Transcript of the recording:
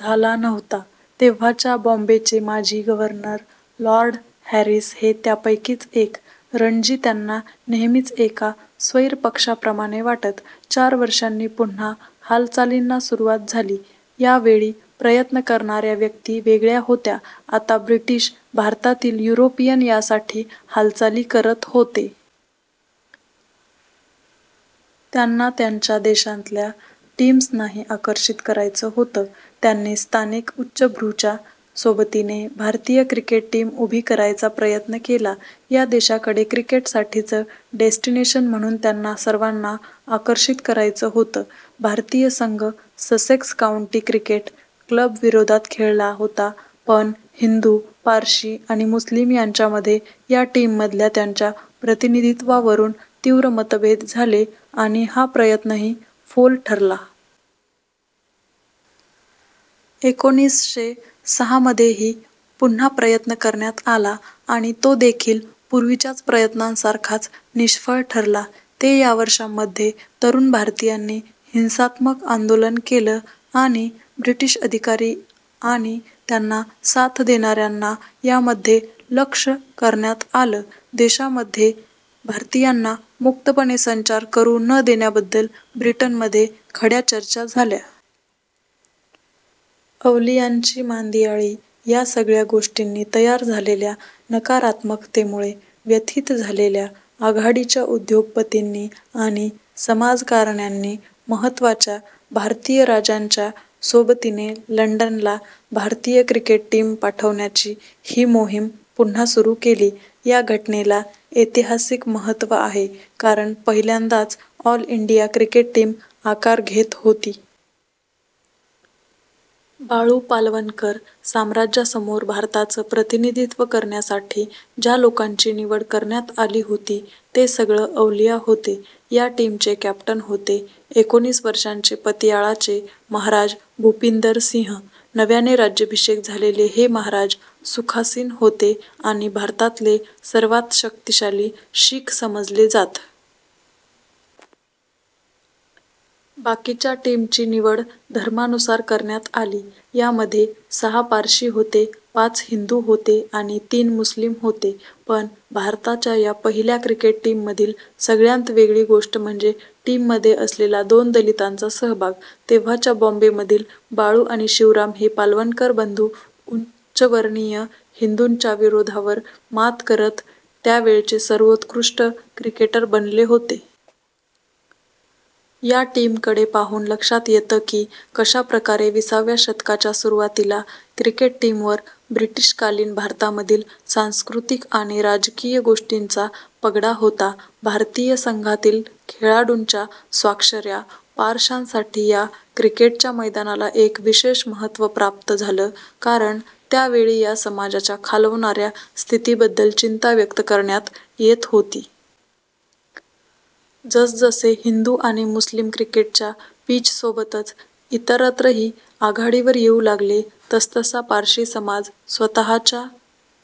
झाला नव्हता. तेव्हाच्या बॉम्बेचे माजी गव्हर्नर लॉर्ड हॅरिस हे त्यापैकीच एक. रणजी त्यांना नेहमीच एका स्वैर पक्ष्याप्रमाणे वाटत. चार वर्षांनी पुन्हा हालचालींना सुरुवात झाली. यावेळी प्रयत्न करणाऱ्या व्यक्ती वेगळ्या होत्या. आता ब्रिटिश भारतातील युरोपियन यासाठी हालचाली करत होते. त्यांना त्यांच्या देशांतल्या टीम्सनाही आकर्षित करायचं होतं. त्यांनी स्थानिक उच्चभ्रूच्या सोबतीने भारतीय क्रिकेट टीम उभी करायचा प्रयत्न केला. या देशाकडे क्रिकेटसाठीचं डेस्टिनेशन म्हणून त्यांना सर्वांना आकर्षित करायचं होतं. भारतीय संघ ससेक्स काऊंटी क्रिकेट क्लबविरोधात खेळला होता पण हिंदू, पारशी आणि मुस्लीम यांच्यामध्ये या टीममधल्या त्यांच्या प्रतिनिधित्वावरून तीव्र मतभेद झाले आणि हा प्रयत्नही फोल ठरला. एकोणीसशे सहामध्येही पुन्हा प्रयत्न करण्यात आला आणि तो देखील पूर्वीच्याच प्रयत्नांसारखाच निष्फळ ठरला. ते या वर्षांमध्ये तरूण भारतीयांनी हिंसात्मक आंदोलनं केलं आणि ब्रिटिश अधिकारी आणि त्यांना साथ देणाऱ्यांना यामध्ये लक्ष करण्यात आलं. देशामध्ये भारतीयांना मुक्तपणे संचार करू न देण्याबद्दल ब्रिटनमध्ये खड्या चर्चा झाल्या. अवलियांची मांदियाळी या सगळ्या गोष्टींनी तयार झालेल्या नकारात्मकतेमुळे व्यथित झालेल्या आघाडीच्या उद्योगपतींनी आणि समाजकारण्यांनी, महत्त्वाच्या भारतीय राजांच्या सोबतीने लंडनला भारतीय क्रिकेट टीम पाठवण्याची ही मोहीम पुन्हा सुरू केली. या घटनेला ऐतिहासिक महत्त्व आहे कारण पहिल्यांदाच ऑल इंडिया क्रिकेट टीम आकार घेत होती. बाळू पालवणकर साम्राज्यासमोर भारताचं प्रतिनिधित्व करण्यासाठी ज्या लोकांची निवड करण्यात आली होती, ते सगळं अवलिया होते. या टीमचे कॅप्टन होते एकोणीस वर्षांचे पतियाळाचे महाराज भूपिंदर सिंह. नव्याने राज्याभिषेक झालेले हे महाराज सुखासीन होते आणि भारतातले सर्वांत शक्तीशाली शीख समजले जात. बाकीच्या टीमची निवड धर्मानुसार करण्यात आली. यामध्ये सहा पारशी होते, पाच हिंदू होते आणि तीन मुस्लीम होते. पण भारताच्या या पहिल्या क्रिकेट टीममधली सगळ्यांत वेगळी गोष्ट म्हणजे टीममध्ये असलेला दोन दलितांचा सहभाग. तेव्हाच्या बॉम्बेमधील बाळू आणि शिवराम हे पालवणकर बंधू उच्चवर्णीय हिंदूंच्या विरोधावर मात करत त्यावेळचे सर्वोत्कृष्ट क्रिकेटर बनले होते. या टीमकडे पाहून लक्षात येतं की कशाप्रकारे वीसाव्या शतकाच्या सुरुवातीला क्रिकेट टीमवर ब्रिटिशकालीन भारतामधील सांस्कृतिक आणि राजकीय गोष्टींचा पगडा होता. भारतीय संघातील खेळाडूंच्या स्वाक्षऱ्या पारशांसाठी या क्रिकेटच्या मैदानाला एक विशेष महत्त्व प्राप्त झालं कारण त्यावेळी या समाजाच्या खालवणाऱ्या स्थितीबद्दल चिंता व्यक्त करण्यात येत होती. जसजसे हिंदू आणि मुस्लीम क्रिकेटच्या पिचसोबतच इतरत्रही आघाडीवर येऊ लागले, तसतसा पारशी समाज स्वतःच्या